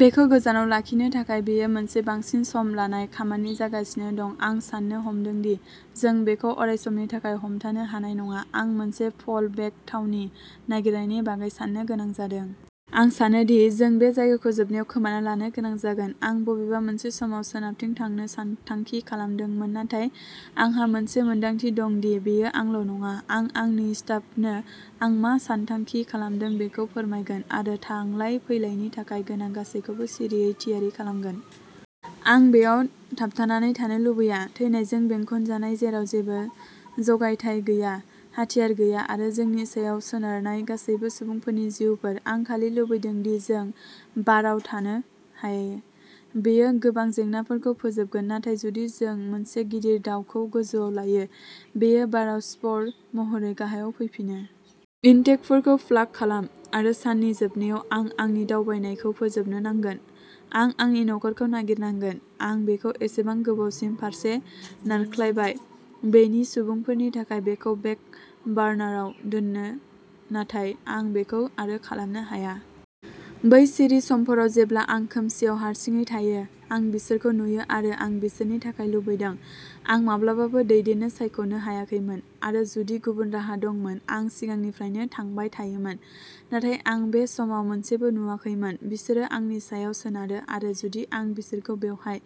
बेखौ गोजानाव लाखिनो थाखाय बेयो मोनसे बांसिन सम लानाय खामानि जागासिनो दं। आं साननो हमदों दि जों बेखौ अरायसमनि थाखाय हमथानो हानाय नङा। आं मोनसे फ'ल बेक थावनि नागिरनायनि बागै साननो गोनां जादों। आं सानो दि जों बे जायगाखौ जोबनायाव खोमाना लानो गोनां जागोन। आं बबेबा मोनसे समाव सोनाबथिं थांनो सानथांखि खालामदोंमोन, नाथाय आंहा मोनसे मोनदांथि दं दि बेयो आंल' नङा। आं आंनि स्टाफनो आं मा सानथांखि खालामदों बेखौ फोरमायगोन आरो थांलाय फैलायनि थाखाय गोनां गासैखौबो सिरियै थियारि खालामगोन। आं बेयाव थाबथानानै थानो लुबैया, थैनायजों बेंखनजानाय जेराव जेबो जगायथाय गैया, हाथियार गैया, आरो जोंनि सायाव सोनारनाय गासैबो सुबुंफोरनि जिउफोर। आं खालि लुबैदों दि जों बाराव थानो हायो, बेयो गोबां जेंनाफोरखौ फोजोबगोन, नाथाय जुदि जों मोनसे गिदिर दाउखौ गोजौआव लायो, बेयो बाराव स्पर महरै गाहायाव फैफिनो। इनटेकफोरखौ प्लाग खालाम। आरो, साननि जोबनायाव, आं आंनि दावबायनायखौ फोजोबनो नांगोन। आं आंनि नखरखौ नागिरनांगोन। आं बेखौ एसेबां गोबावसिम फारसे नारख्लायबाय, बेनि सुबुंफोरनि थाखाय बेखौ बेक बार्नाराव दोननो, नाथाय आं बेखौ आरो खालामनो हाया। बै सिरि समफोराव, जेब्ला आं खोमसिआव हारसिङै थायो, आं बिसोरखौ नुयो आरो आं बिसोरनि थाखाय लुबैदों। आं माब्लाबाबो दैदेननो सायख'नो हायाखैमोन, आरो जुदि गुबुन राहा दंमोन, आं सिगांनिफ्रायनो थांबाय थायोमोन, नाथाय आं बे समाव मोनसेबो नुवाखैमोन, बिसोरो आंनि सायाव सोनारो, आरो जुदि आं बिसोरखौ बेवहाय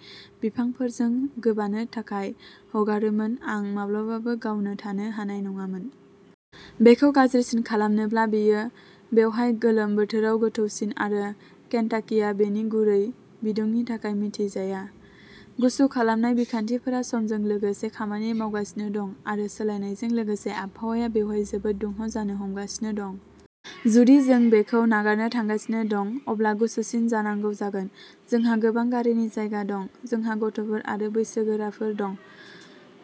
बिफांफोरजों गोबानो थाखाय हगारोमोन, आं माब्लाबाबो गावनो थानो हानाय नङामोन। बेखौ गाज्रिसिन खालामनोब्ला, बेयो बेवहाय गोलोम बोथोराव गोथौसिन, आरो केन्टाकिआ बेनि गुरै बिदुंनि थाखाय मिथिजाया। गुसु खालामनाय बिखान्थिफोरा समजों लोगोसे खामानि मावगासिनो दं, आरो सोलायनायजों लोगोसे आबहावाया बेवहाय जोबोद दुंहाव जानो हमगासिनो दं। जुदि जों बेखौ नागारनो थांगासिनो दं, अब्ला गुसुसिन जानांगौ जागोन, जोंहा गोबां गारिनि जायगा दं, जोंहा गथ'फोर आरो बैसोगोराफोर दं,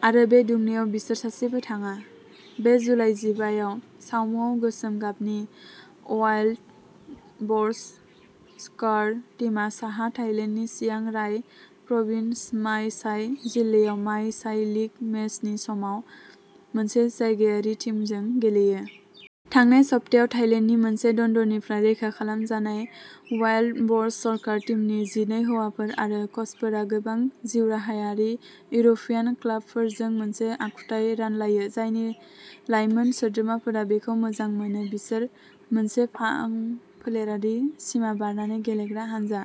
आरो बे दुंनायाव बिसोर सासेबो थाङा। बे जुलाइ जिबा याव, सावमुआव, गोसोम गाबनि अवाइल्ड ब'र्स स्कार टिमआ, साहा थाइलेन्डनि चियां राय प्रभिन्स माए साइ जिल्लायाव माए साइ लिग मेचनि समाव मोनसे जायगायारि टिमजों गेलेयो। थांनाय सप्तायाव थाइलेन्डनि मोनसे दन्दरनिफ्राय रैखा खालामजानाय अवाइल्ड ब'र्स सरकार टिमनि जिनै हौवाफोर आरो कचफोरा गोबां जिउराहायारि इउर'पियान क्लाबफोरजों मोनसे आखुथाय रानलायो, जायनि लाइमोन सोद्रोमाफोरा बेखौ मोजां मोनो बिसोर मोनसे बां फोलेरारि, सिमा बारनानै गेलेग्रा हानजा।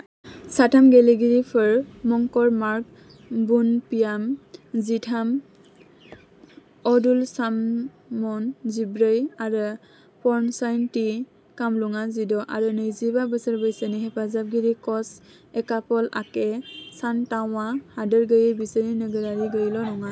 साथाम गेलेगिरिफोर मंकल मार्क बुनपियाम, जिथाम, अदुल साम'न, जिब्रै, आरो पर्नचाइ टि खामलुआं, जिद’ आरो नैजिबा बोसोर बैसोनि हेफाजाबगिरि कच एकापल आके चानथावआ हादोर गैयै, बिसोरनि नोगोरारि गैयैल' नङा।